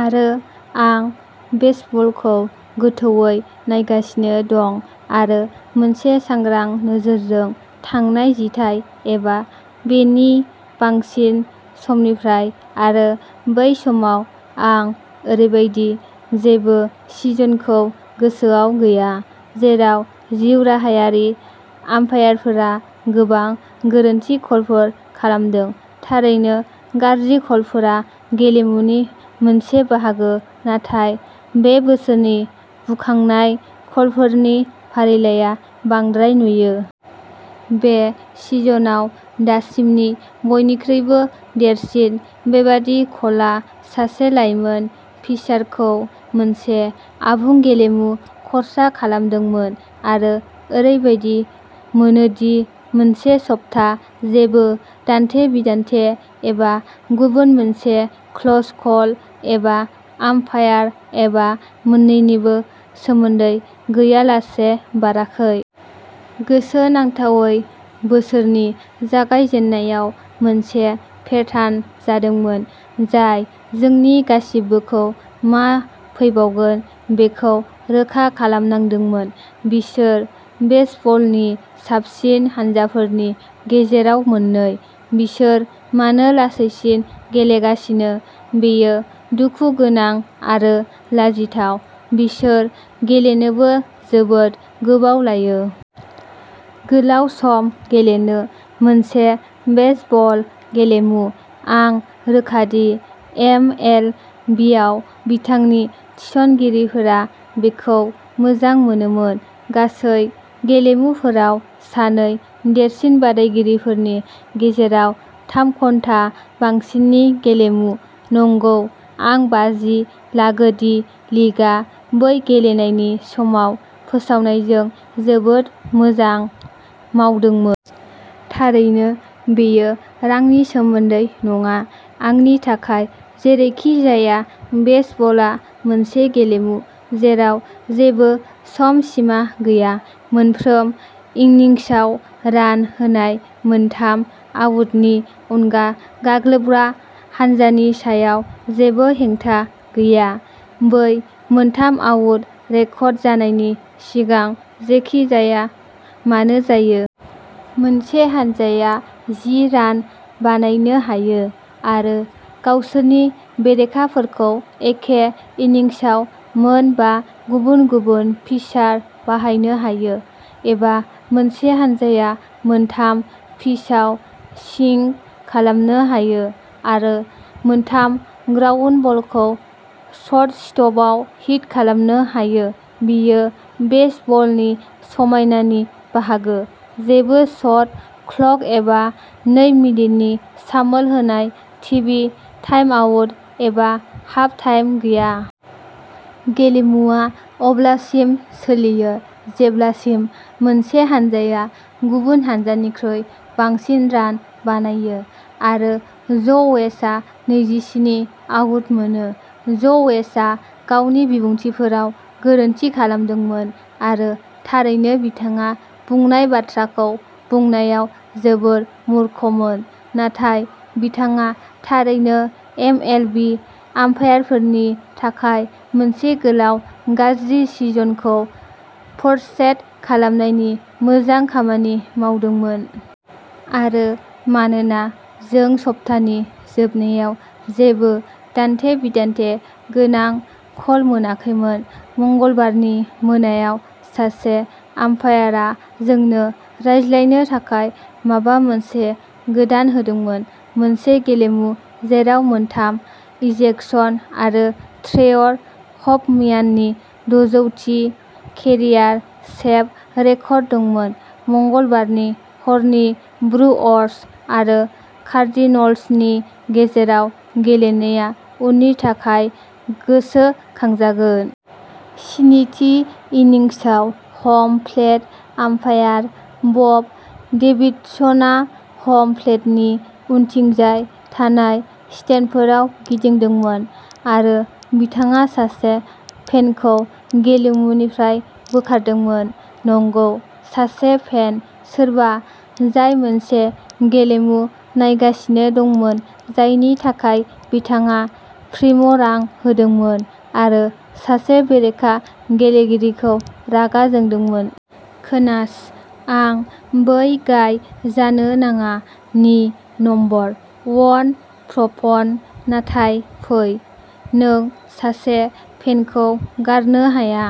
आरो आं बेसबलखौ गोथौवै नायगासिनो दं-आरो मोनसे सांग्रां नोजोरजों-थांनाय जिथाइ एबा बिनि बांसिन समनिफ्राय। आरो बै समाव, आं ओरैबायदि जेबो सिजनखौ गोसोआव गैया जेराव जिउराहायारि आम्पायारफोरा गोबां गोरोन्थि कलफोर खालामदों। थारैनो, गाज्रि कलफोरा गेलेमुनि मोनसे बाहागो नाथाय बे बोसोरनि बुखांनाय कलफोरनि फारिलाइआ बांद्राय नुयो। बे सिजनआव दासिमनि बयनिख्रुइबो देरसिन बेबादि कलआ सासे लाइमोन पिचारखौ मोनसे आबुं गेलेमु खर्सा खालामदोंमोन, आरो ओरैबायदि मोनो दि मोनसे सप्ता जेबो दान्थे-बिदान्थे एबा गुबुन मोनसे क्लोज कल, एबा आम्पायार, एबा मोन्नैनिबो सोमोन्दै गैयालासे बाराखै। गोसोनांथावै, बोसोरनि जागायजेन्नायाव मोनसे पेटार्न जादोंमोन जाय जोंनि गासिबोखौ मा फैबावगोन बेखौ रोखा खालामनांदोंमोन। "बिसोर बेसबलनि साबसिन हानजाफोरनि गेजेराव मोननै। बिसोर मानो लासैसिन गेलेगासिनो?... बेयो दुखुगोनां आरो लाजिथाव। बिसोर गेलेनोबो जोबोद गोबाव लायो।" गोलाव सम गेलेनो? मोनसे बेसबल गेलेमु? आं रोखा दि एमएलबियाव बिथांनि थिसनगिरिफोरा बेखौ मोजां मोनोमोन। गासै गेलेमुफोराव सानै देरसिन बादायगिरिफोरनि गेजेराव थाम-घन्टा बांसिननि गेलेमु? नंगौ, आं बाजि लागो दि लीगआ बै गेलेनायनि समाव फोसावनायजों जोबोद मोजां मावदोंमोन। थारैनो, बेयो रांनि सोमोन्दै नङा आंनि थाखाय, जेरैखिजाया। बेसबलआ मोनसे गेलेमु जेराव जेबो सम सिमा गैया; मोनफ्रोम इन्निंसआव रान होनाय मोनथाम आउटनि अनगा गाग्लोबग्रा हानजानि सायाव जेबो हेंथा गैया। बै मोनथाम आउट रेकर्ड जानायनि सिगां, जेखि जाया मानो जायो। मोनसे हानजाया जि रान बानायनो हायो आरो गावसोरनि बेरेखाफोरखौ एखे इन्निंसआव मोन बा गुबुन-गुबुन पिचार बाहायनो हायो। एबा मोनसे हानजाया मोनथाम पिचआव स्विंग खालामनो हायो आरो मोनथाम ग्राउन्डबलखौ सर्टस्टपआव हिट खालामनो हायो। बेयो बेसबलनि समायनानि बाहागो जेबो शट क्लक एबा नै मिनिटनि सामोल होनाय, टिभि टाइमआउट एबा हाफटाइम गैया। गेलेमुआ अब्लासिम सोलियो जेब्लासिम मोनसे हानजाया गुबुन हानजानिख्रुइ बांसिन रान बानायो, आरो ज'वेस्टआ नैजि स्नि आउट मोनो। ज'वेस्टआ गावनि बिबुंथिफोराव गोरोन्थि खालामदोंमोन, आरो, थारैनो, बिथाङा बुंनाय बाथ्राखौ बुंनायाव जोबोद मूर्खमोन। नाथाय बिथाङा थारैनो एमएलबि आम्पायारफोरनि थाखाय मोनसे गोलाव, गाज्रि सिजनखौ फोरशेड खालामनायनि मोजां खामानि मावदोंमोन। आरो, मानोना जों सप्तानि जोबनायाव जेबो दान्थे-बिदान्थे गोनां कल मोनाखैमोन, मंगलबारनि मोनायाव सासे आम्पायारआ जोंनो रायज्लायनो थाखाय माबा मोनसे गोदान होदोंमोन। मोनसे गेलेमु जेराव मोनथाम इजेक्शन आरो ट्रेवर हफम्याननि दजौ थि केरियार सेभ रेकर्ड दंमोन, मंगलबारनि हरनि ब्रुअर्स आरो कार्डिनल्सनि गेजेराव गेलेनाया उननि थाखाय गोसोखांजागोन। स्नि थि इन्निंसआव, ह'म प्लेट आम्पायार बब डेभिडसनआ हम प्लेटनि उनथिंजाय थानाय स्टेन्डफोराव गिदिंदोंमोन... आरो बिथाङा सासे फेनखौ गेलेमुनिफ्राय बोखारदोंमोन। नंगौ। सासे फेन। सोरबा जाय मोनसे गेलेमु नायगासिनो दंमोन जायनि थाखाय बिथाङा प्रिम'रां होदोंमोन, आरो सासे बेरेखा गेलेगिरिखौ रागा जोंदोंमोन। खोनास, आं "बै गाइ जानो नाङा" नि नम्बर वन प्रप'न्ट, नाथाय फै। नों सासे फेनखौ गारनो हाया।